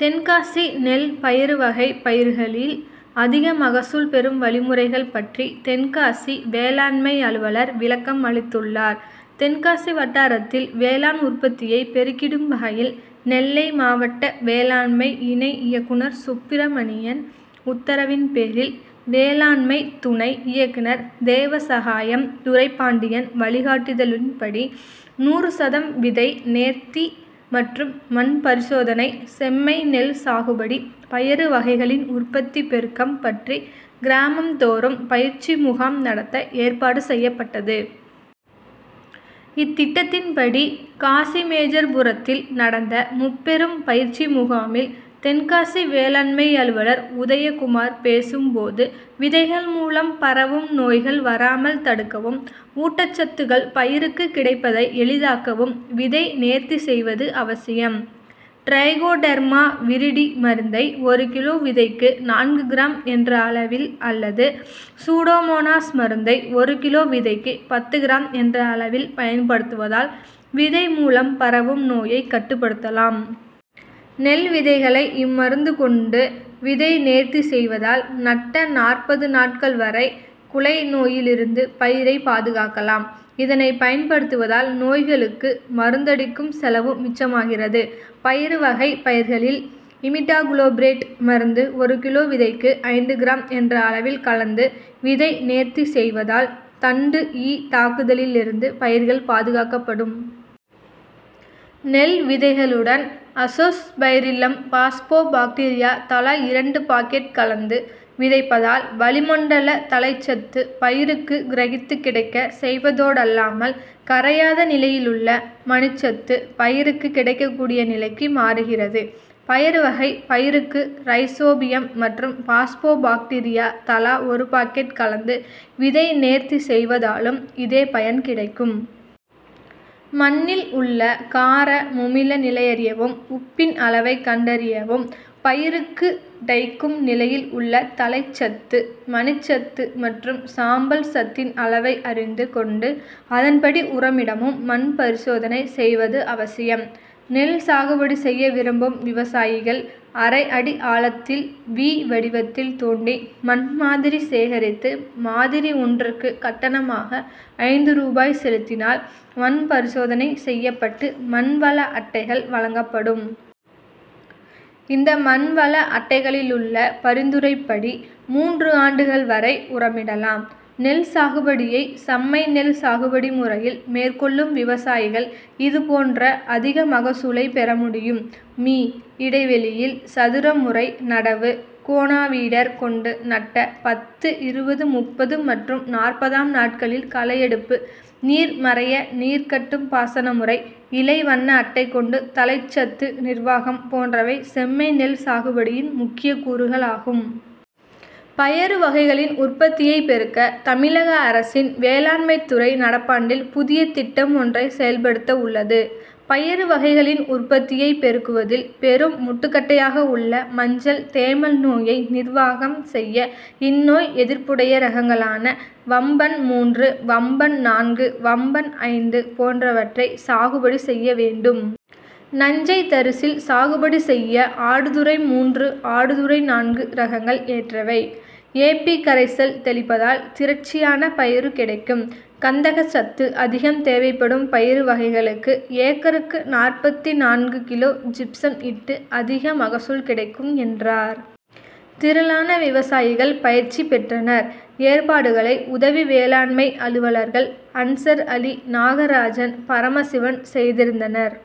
தென்காசி நெல், பயறு வகை பயிர்களில் அதிக மகசூல் பெறும் வழிமுறைகள் பற்றி தென்காசி வேளாண்மை அலுவலர் விளக்கம் அளித்துள்ளார். தென்காசி வட்டாரத்தில் வேளாண் உற்பத்தியை பெருக்கிடும் வகையில் நெல்லை மாவட்ட வேளாண்மை இணை இயக்குநர் சுப்பிரமணியன் உத்தரவின் பேரில், வேளாண்மை துணை இயக்குநர் தேவசகாயம், துரைப்பாண்டியன் வழிகாட்டுதலின் படி நூறு சதம் விதை நேர்த்தி மற்றும் மண் பரிசோதனை, செம்மை நெல் சாகுபடி, பயறு வகைகளின் உற்பத்தி பெருக்கம் பற்றி கிராமம் தோறும் பயிற்சி முகாம் நடத்த ஏற்பாடு செய்யப்பட்டது. இத்திட்டத்தின் படி காசிமேஜர்புரத்தில் நடந்த முப்பெரும் பயிற்சி முகாமில் தென்காசி வேளாண்மை அலுவலர் உதய குமார் பேசும் போது, விதைகள் மூலம் பரவும் நோய்கள் வராமல் தடுக்கவும், ஊட்டச்சத்துகள் பயிருக்கு கிடைப்பதை எளிதாக்கவும் விதை நேர்த்தி செய்வது அவசியம். டிரைகோடெர்மா விரிடி மருந்தை ஒரு கிலோ விதைக்கு நான்கு கிராம் என்ற அளவில் அல்லது சூடோமோனாஸ் மருந்தை ஒரு கிலோ விதைக்கு பத்து கிராம் என்ற அளவில் பயன்படுத்துவதால் விதை மூலம் பரவும் நோயை கட்டுப்படுத்தலாம். நெல் விதைகளை இம்மருந்து கொண்டு விதை நேர்த்தி செய்வதால் நட்ட நாற்பது நாட்கள் வரை குலை நோயிலிருந்து பயிரை பாதுகாக்கலாம். இதனை பயன்படுத்துவதால் நோய்களுக்கு மருந்தடிக்கும் செலவு மிச்சமாகிறது. பயறு வகை பயிர்களில் இமிடாகுளோபிரிட் மருந்து ஒரு கிலோ விதைக்கு ஐந்து கிராம் என்ற அளவில் கலந்து விதை நேர்த்தி செய்வதால் தண்டு ஈ தாக்குதலிலிருந்து பயிர்கள் பாதுகாக்கப்படும். நெல் விதைகளுடன் அசோஸ் பைரில்லம், பாஸ்போ பாக்டீரியா தலா இரண்டு பாக்கெட் கலந்து விதைப்பதால் வளி மண்டல தழைச்சத்து பயிருக்கு கிரகித்து கிடைக்க செய்வதோடல்லாமல், கரையாத நிலையிலுள்ள மணிச்சத்து பயிருக்கு கிடைக்க கூடிய நிலைக்கு மாறுகிறது. பயறு வகை பயிருக்கு ரைசோபியம் மற்றும் பாஸ்போ பாக்டீரியா தலா ஒரு பாக்கெட் கலந்து விதை நேர்த்தி செய்வதாலும் இதே பயன் கிடைக்கும். மண்ணில் உள்ள கார முமில நிலையறியவும், உப்பின் அளவை கண்டறியவும் பயிருக்கு டைக்கும் நிலையில் உள்ள தழைச்சத்து, மணிச்சத்து மற்றும் சாம்பல் சத்தின் அளவை அறிந்து கொண்டு அதன் படி உரமிடவும் மண் பரிசோதனை செய்வது அவசியம். நெல் சாகுபடி செய்ய விரும்பும் விவசாயிகள் அரை அடி ஆழத்தில் வி வடிவத்தில் தோண்டி மண் மாதிரி சேகரித்து மாதிரி ஒன்றுக்கு கட்டணமாக ஐந்து ரூபாய் செலுத்தினால் மண் பரிசோதனை செய்யப்பட்டு மண் வள அட்டைகள் வழங்கப்படும். இந்த மண் வள அட்டைகளிலுள்ள பரிந்துரைப்படி மூன்று ஆண்டுகள் வரை உரமிடலாம். நெல் சாகுபடியை சம்மை செல் சாகுபடி முறையில் மேற்கொள்ளும் விவசாயிகள் இது போன்ற அதிக மகசூலை பெற முடியும். மீ. இடைவெளியில் சதுர முறை நடவு, கோனோவீடர் கொண்டு நட்ட பத்து, இருபது, முப்பது மற்றும் நாற்பதாம் நாட்களில் களையெடுப்பு, நீர் மறைய நீர் கட்டும் பாசன முறை, இலை வண்ண அட்டை கொண்டு தழைச்சத்து நிர்வாகம் போன்றவை செம்மை நெல் சாகுபடியின் முக்கிய கூறுகளாகும். பயறு வகைகளின் உற்பத்தியை பெருக்க தமிழக அரசில் வேளாமைத்துறை நடப்பாண்டில் புதிய திட்டம் ஒன்றை செயல்படுத்தவுள்ளது. பயறு வகைகளின் உற்பத்தியை பெருக்குவதில் பெரும் முட்டு கட்டையாக உள்ள மஞ்சள் தேமல் நோயை நிர்வாகம் செய்ய இந்நோய் எதிர்ப்புடைய ரகங்களான வம்பன் மூன்று, வம்பன் நான்கு, வம்பன் ஐந்து போன்றவற்றை சாகுபடி செய்ய வேண்டும். நஞ்சை தரிசில் சாகுபடி செய்ய ஆடுதுறை மூன்று, ஆடுதுறை நான்கு ரகங்கள் ஏற்றவை. ஏ. பி. கரைசல் தெளிப்பதால் திரட்சியான பயறு கிடைக்கும். கந்தக சத்து அதிகம் தேவைப்படும் பயறு வகைகளுக்கு ஏக்கருக்கு நாற்பத்து நான்கு கிலோ ஜிப்சம் இட்டு அதிக மகசூல் கிடைக்கும் என்றார். திரளான விவசாயிகள் பயிற்சி பெற்றனர். ஏற்பாடுகளை உதவி வேளாண்மை அலுவலர்கள் அன்சர் அலி, நாகராஜன், பரமசிவன் செய்திருந்தனர்.